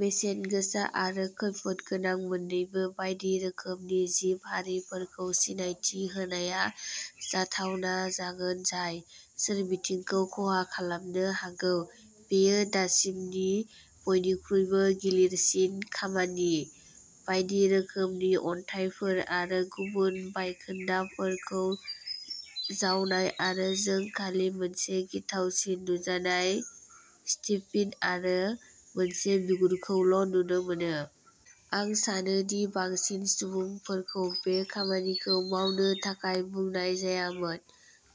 बेसेन गोसा आरो खैफोदगोनां मोननैबो बायदि रोखोमनि जिब-हारिफोरखौ सिनायथि होनाया जाथावना जागोन जाय सोरबिथिंखौ खहा खालामनो हागौ। बेयो दासिमनि बयनिख्रुइबो गिलिरसिन खामानि, बायदि रोखोमनि अन्थाइफोर आरो गुबुन बायखोन्दाफोरखौ जावनाय आरो जों खालि मोनसे गिथावसिन नुजानाय सेन्टिपेड आरो मोनसे बिगुरखौल' नुनो मोनो। आं सानो दि बांसिन सुबुंफोरखौ बे खामानिखौ मावनो थाखाय बुंनाय जायामोन,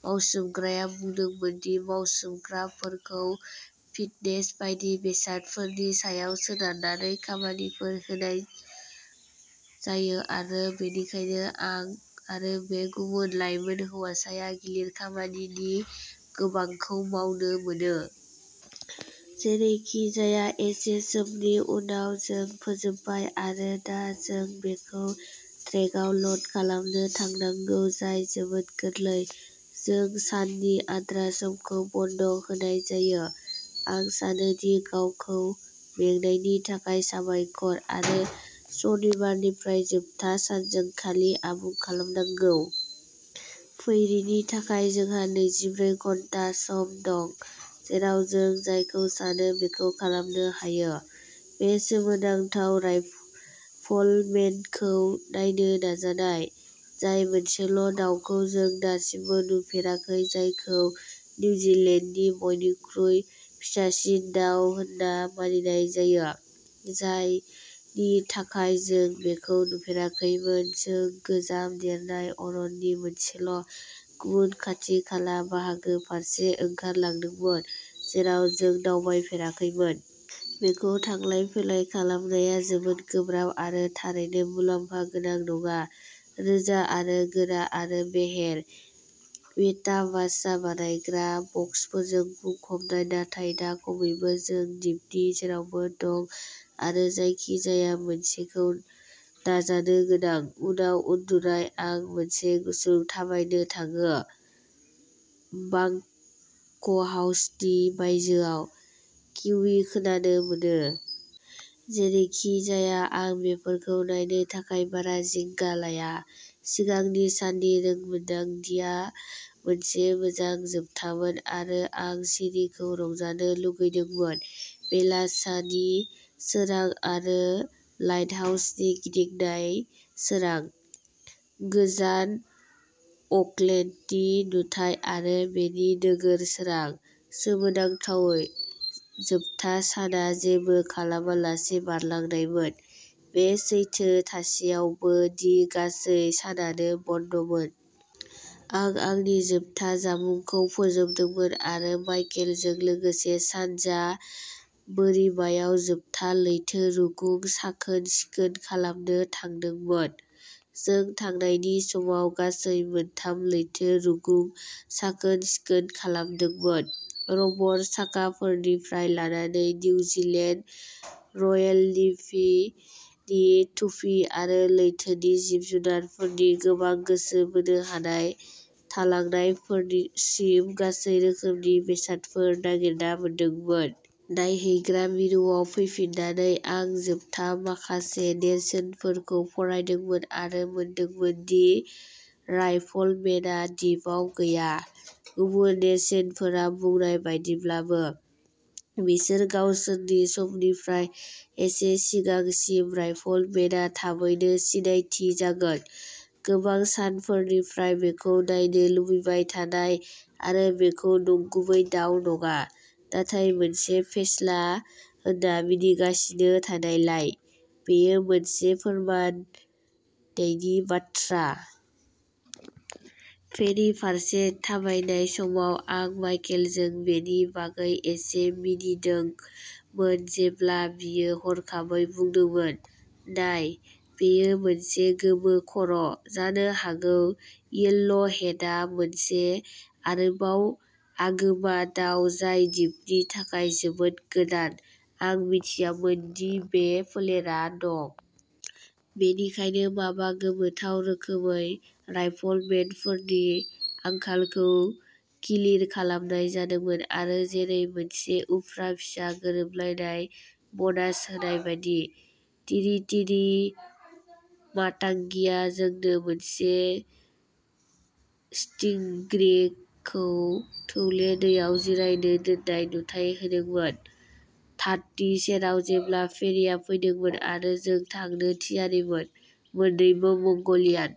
मावसोमग्राया बुंदोंमोन दि मावसोमग्राफोरखौ फिटनेस बायदि बेसादफोरनि सायाव सोनारनानै खामानिफोर होनाय जायो आरो बेनिखायनो आं आरो बे गुबुन लाइमोन हौवासाया गिलिर खामानिनि गोबांखौ मावनो मोनो। जेरैखिजाया एसे समनि उनाव जों फोजोबबाय आरो दा जों बेखौ ट्रेकआव ल'ड खालामनो थांनांगौ जाय जोबोद गोरलै। जों साननि आद्रा समखौ बन्द' होनाय जायो, आं सानो दि गावखौ मेंनायनि थाखाय साबायखर। आरो शनिबारनिफ्राय जोबथा सानजों खालि आबुं खालामनांगौ। फैरिनि थाखाय जोंहा नैजिब्रै घन्टा सम दं, जेराव जों जायखौ सानो बेखौ खालामनो हायो। बे सोमोनांथाव राइफलमेनखौ नायनो नाजानाया, जाय मोनसेल' दाउखौ जों दासिमबो नुफेराखै जायखौ निउजिलेन्डनि बयनिख्रुइ फिसासिन दाउ होनना मानिनाय जायो, जायनि थाखाय जों बेखौ नुफेराखैमोन जों गोजाम देरनाय अरननि मोनसेल' गुबुन खाथि-खाला बाहागो फारसे ओंखारलांदोंमोन, जेराव जों दावबायफेराखैमोन। बेखौ थांलाय-फैलाय खालामनाया जोबोद गोब्राब आरो थारैनो मुलाम्फा गोनां नङा, रोजा आरो गोरा आरो बेहेर, वेटा बासा बानायग्रा बक्सफोरजों बुंफबनाय। नाथाय दा खमैबो जों दिपनि जेरावबो दं आरो जायखिजाया मोनसेखौ नाजानो गोनां। उनाव उन्दुनाय, आं मोनसे गुसुं थाबायनो थाङो, बां क' हाउसनि बायजोआव किवी खोनानो मोनो। जेरैखिजाया आं बेफोरखौ नायनो थाखाय बारा जिंगा लाया। सिगांनि साननि रोंमोनदांथिया मोनसे मोजां जोबथामोन आरो आं सिरिखौ रंजानो लुगैदोंमोन। बेलासानि सोरां आरो लाइटहाउसनि गिदिंनाय सोरां, गोजान अकलेडनि नुथाय आरो बेनि नोगोर सोरां। सोमोनांथावै, जोबथा साना जेबो खालामालासे बारलांनायमोन, बे सैथो थासेयावबो दि गासै सानानो बन्दमोन। आं आंनि जोबथा जामुंखौ फोजोबदोंमोन आरो माइकेलजों लोगोसे सानजा बोरिमायाव जोबथा लैथो रुगुं साखोन-सिखोन खालामनो थांदोंमोन। जों थानायनि समाव गासै मोनथाम लैथो रुगुं साखोन-सिखोन खालामदोंमोन, रबर साखाफोरनिफ्राय लानानै निउजिलेन्ड रयेल नेभिनि टुपि आरो लैथोनि जिब-जुनारफोरनि गोबां गोसो बोनो हानाय थालांनायफोरसिम गासै रोखोमनि बेसादफोर नागिरना मोनदोंमोन। नायहैग्रा मिरुआव फैफिन्नानै, आं जोबथा माखासे नेरसोनफोरखौ फरायदोंमोन आरो मोनदांदोंमोन दि राइफलमेनआ दिपआव गैया, गुबुन नेरसोनफोरा बुंनाय बायदिब्लाबो। बिसोर गावसोरनि समनिफ्राय एसे सिगांसिन राइफलमेनआ थाबैनो सिनायथि जागोन। गोबां सानफोरनिफ्राय बेखौ नायनो लुबैबाय थानाय आरो बेखौ नंगुबै दाउ नङा, नाथाय मोनसे फेस्ला होनना मिनिगासिनो थानायलाय, बेयो मोनसे फोरमायनायनि बाथ्रा। फेरि फारसे थाबायनाय समाव, आं माइकेलजों बेनि बागै एसे मिनिदोंमोन जेब्ला बियो हरखाबै बुंदोंमोन- "नाय, बेयो मोनसे गोमो खर" जानो हागौ येल' हेडआ मोनसे आरोबाव आगोमा दाउ जाय दिपनि थाखाय जोबोद गोदान। आं मिथियामोन दि बे फोलेरा दं। बेनिखायनो माबा गोमोथाव रोखोमै, राइफलमेनफोरनि आंखालखौ गिलिर खालामनाय जादोंमोन आरो जेरै मोनसे उफ्रा फिसा गोरोबलायनाय बनास होनाय बायदि, तिरितिरि मातांगिआ जोंनो मोनसे स्टिंग्रेखौ थौले दैयाव जिरायनो दोननाय नुथाइ होदोंमोन, घाटनि सेरावनो जेब्ला फेरिआ फैदोंमोन आरो जों थांनो थियारिमोन। मोननैबो मंगलियान।